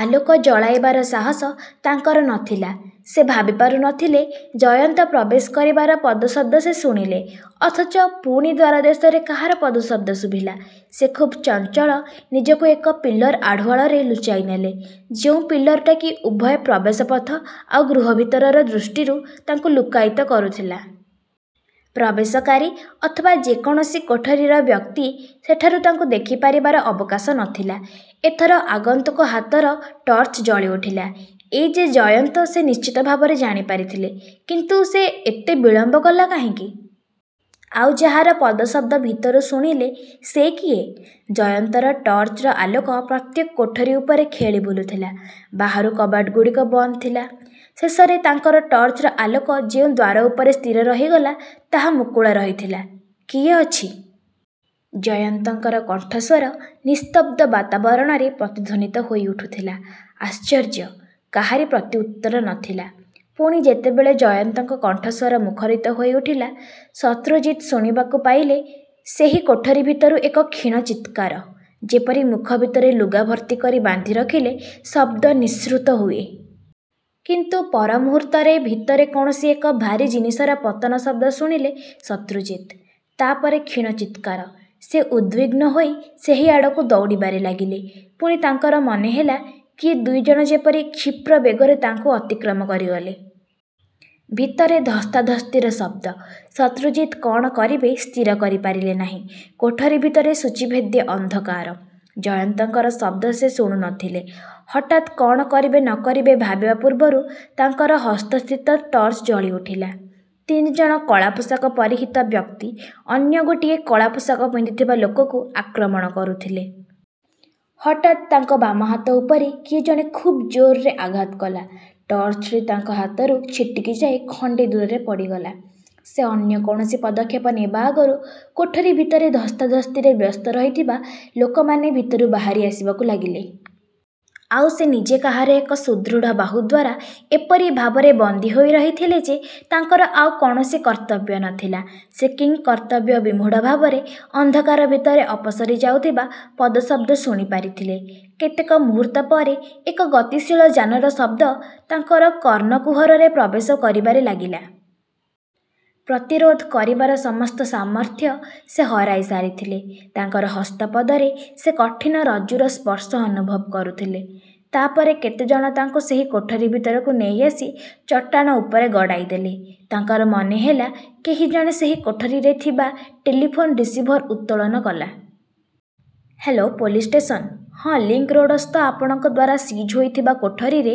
ଆଲୋକ ଜଳାଇବାର ସାହସ ତାଙ୍କର ନ ଥିଲା। ସେ ଭାବି ପାରୁ ନ ଥିଲେ ଜୟନ୍ତ ପ୍ରବେଶ କରିବାର ପଦଶବ୍ଦ ସେ ଶୁଣିଲେ ଅଥଚ ପୁଣି ଦ୍ୱାରଦେଶରେ କାହାର ପଦଶବ୍ଦ ଶୁଭିଲା। ସେ ଖୁବ୍ ଚଞ୍ଚଳ ନିଜକୁ ଏକ ପିଲର୍ ଆଢ଼ୁଆଳରେ ଲୁଚାଇ ନେଲେ। ଯେଉଁ ପିଲରଟା କି ଉଭୟ ପ୍ରବେଶ ପଥ ଆଉ ଗୃହ ଭିତରର ଦୃଷ୍ଟିରୁ ତାଙ୍କୁ ଲୁକ୍କାୟିତ କରୁଥିଲା। ପ୍ରବେଶକାରୀ ଅଥବା ଯେ କୌଣସି କୋଠରିର ବ୍ୟକ୍ତି ସେଠାରୁ ତାଙ୍କୁ ଦେଖି ପାରିବାର ଅବକାଶ ନ ଥିଲା। ଏ ଥର ଆଗନ୍ତୁକ ହାତର ଟର୍ଚ୍ଚ ଜଳିଉଠିଲା। ଏ ଯେ ଜୟନ୍ତ ସେ ନିଶ୍ଚିତ ଭାବରେ ଜାଣି ପାରିଥିଲେ। କିନ୍ତୁ ସେ ଏତେ ବିଳମ୍ବ କଲା କାହିଁକି? ଆଉ ଯାହାର ପଦଶବ୍ଦ ଭିତରୁ ଶୁଣିଲେ ସେ କିଏ? ଜୟନ୍ତର ଟର୍ଚ୍ଚର ଆଲୋକ ପ୍ରତ୍ୟେକ କୋଠରି ଉପରେ ଖେଳି ବୁଲୁଥିଲା। ବାହାରୁ କବାଟଗୁଡ଼ିକ ବନ୍ଦ ଥିଲା। ଶେଷରେ ତାଙ୍କର ଟର୍ଚ୍ଚର ଆଲୋକ ଯେଉଁ ଦ୍ୱାର ଉପରେ ସ୍ଥିର ରହିଗଲା ତାହା ମୁକୁଳା ରହିଥିଲା। କିଏ ଅଛି? ଜୟନ୍ତଙ୍କର କଣ୍ଠସ୍ୱର ନିସ୍ତବ୍ଧ ବାତାବରଣରେ ପ୍ରତିଧ୍ୱନିତ ହୋଇଉଠୁଥିଲା। ଆଶ୍ଚର୍ଯ୍ୟ। କାହାରି ପ୍ରତିଉତ୍ତର ନ ଥିଲା। ପୁଣି ଯେତେବେଳେ ଜୟନ୍ତଙ୍କ କଣ୍ଠସ୍ୱର ମୁଖରିତ ହୋଇ ଉଠିଲା ଶତ୍ରୁଜିତ୍ ଶୁଣିବାକୁ ପାଇଲେ ସେହି କୋଠରି ଭିତରୁ ଏକ କ୍ଷୀଣ ଚିତ୍କାର। ଯେପରି ମୁଖ ଭିତରେ ଲୁଗା ଭର୍ତ୍ତି କରି ବାନ୍ଧି ରଖିଲେ ଶବ୍ଦ ନିଃସୃତ ହୁଏ। କିନ୍ତୁ ପରମୁହୂର୍ତ୍ତରେ ଭିତରେ କୌଣସି ଏକ ଭାରୀ ଜିନିଷର ପତନ ଶବ୍ଦ ଶୁଣିଲେ ଶତ୍ରୁଜିତ୍। ତା ପରେ କ୍ଷୀଣ ଚିତ୍କାର। ସେ ଉଦ୍ବିଗ୍ନ ହୋଇ ସେହି ଆଡ଼କୁ ଦୌଡ଼ିବାରେ ଲାଗିଲେ। ପୁଣି ତାଙ୍କର ମନେ ହେଲା କିଏ ଦୁଇ ଜଣ ଯେପରି କ୍ଷିପ୍ର ବେଗରେ ତାଙ୍କୁ ଅତିକ୍ରମ କରିଗଲେ। ଭିତରେ ଧସ୍ତାଧସ୍ତିର ଶବ୍ଦ। ଶତ୍ରୁଜିତ୍ କଣ କରିବେ ସ୍ଥିର କରି ପାରିଲେ ନାହିଁ। କୋଠରି ଭିତରେ ସୂଚୀଭେଦ୍ୟ ଅନ୍ଧକାର। ଜୟନ୍ତଙ୍କର ଶବ୍ଦ ସେ ଶୁଣୁ ନ ଥିଲେ। ହଠାତ୍ କଣ କରିବେ ନ କରିବେ ଭାବିବା ପୂର୍ବରୁ ତାଙ୍କର ହସ୍ତସ୍ଥିତ ଟର୍ଚ୍ଚ ଜଳିଉଠିଲା। ତିନି ଜଣ କଳା ପୋଷାକ ପରିହିତ ବ୍ୟକ୍ତି ଅନ୍ୟ ଗୋଟିଏ କଳା ପୋଷାକ ପିନ୍ଧିଥିବା ଲୋକକୁ ଆକ୍ରମଣ କରୁଥିଲେ। ହଠାତ୍ ତାଙ୍କ ବାମ ହାତ ଉପରେ କିଏ ଜଣେ ଖୁବ୍ ଜୋରରେ ଆଘାତ କଲା। ଟର୍ଚ୍ଚଟି ତାଙ୍କ ହାତରୁ ଛିଟିକି ଯାଇ ଖଣ୍ଡେ ଦୂରରେ ପଡ଼ିଗଲା। ସେ ଅନ୍ୟ କୌଣସି ପଦକ୍ଷେପ ନେବା ଆଗରୁ କୋଠରି ଭିତରେ ଧସ୍ତାଧସ୍ତିରେ ବ୍ୟସ୍ତ ରହିଥିବା ଲୋକମାନେ ଭିତରୁ ବାହାରି ଆସିବାକୁ ଲାଗିଲେ। ଆଉ ସେ ନିଜେ କାହାର ଏକ ସୁଦୃଢ଼ ବାହୁ ଦ୍ୱାରା ଏପରି ଭାବରେ ବନ୍ଦୀ ହୋଇ ରହିଥିଲେ ଯେ ତାଙ୍କର ଆଉ କୌଣସି କର୍ତ୍ତବ୍ୟ ନ ଥିଲା। ସେ କିଂକର୍ତ୍ତବ୍ୟବିମୂଢ଼ ଭାବରେ ଅନ୍ଧକାର ଭିତରେ ଅପସରି ଯାଉଥିବା ପଦଶବ୍ଦ ଶୁଣିପାରିଥିଲେ। କେତେକ ମୁହୂର୍ତ୍ତ ପରେ ଏକ ଗତିଶୀଳ ଯାନର ଶବ୍ଦ ତାଙ୍କର କର୍ଣ୍ଣକୁହରରେ ପ୍ରବେଶ କରିବାରେ ଲାଗିଲା। ପ୍ରତିରୋଧ କରିବାର ସମସ୍ତ ସାମର୍ଥ୍ୟ ସେ ହରାଇ ସାରିଥିଲେ। ତାଙ୍କର ହସ୍ତପଦରେ ସେ କଠିନ ରଜ୍ଜୁର ସ୍ପର୍ଶ ଅନୁଭବ କରୁଥିଲେ। ତା ପରେ କେତେ ଜଣ ତାଙ୍କୁ ସେହି କୋଠରି ଭିତରକୁ ନେଇ ଆସି ଚଟାଣ ଉପରେ ଗଡ଼ାଇ ଦେଲେ। ତାଙ୍କର ମନେହେଲା କେହି ଜଣେ ସେହି କୋଠରିରେ ଥିବା ଟେଲିଫୋନ୍ ରିସିଭର ଉତ୍ତୋଳନ କଲା। ହ୍ୟାଲୋ ପୋଲିସ ଷ୍ଟେସନ ହଁ ଲିଙ୍କ୍ ରୋଡ଼ସ୍ଥ ଆପଣଙ୍କ ଦ୍ୱାରା ସିଜ୍ ହୋଇଥିବା କୋଠରିରେ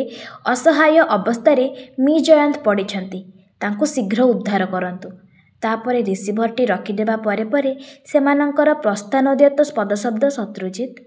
ଅସହାୟ ଅବସ୍ଥାରେ ମି ଜୟନ୍ତ ପଡ଼ିଛନ୍ତି। ତାଙ୍କୁ ଶୀଘ୍ର ଉଦ୍ଧାର କରନ୍ତୁ। ତା ପରେ ରିସିଭରଟି ରଖିଦେବା ପରେ ପରେ ସେମାନଙ୍କର ପ୍ରସ୍ଥାନୋଦ୍ୟତ ପଦଶବ୍ଦ ଶତ୍ରୁଜିତ୍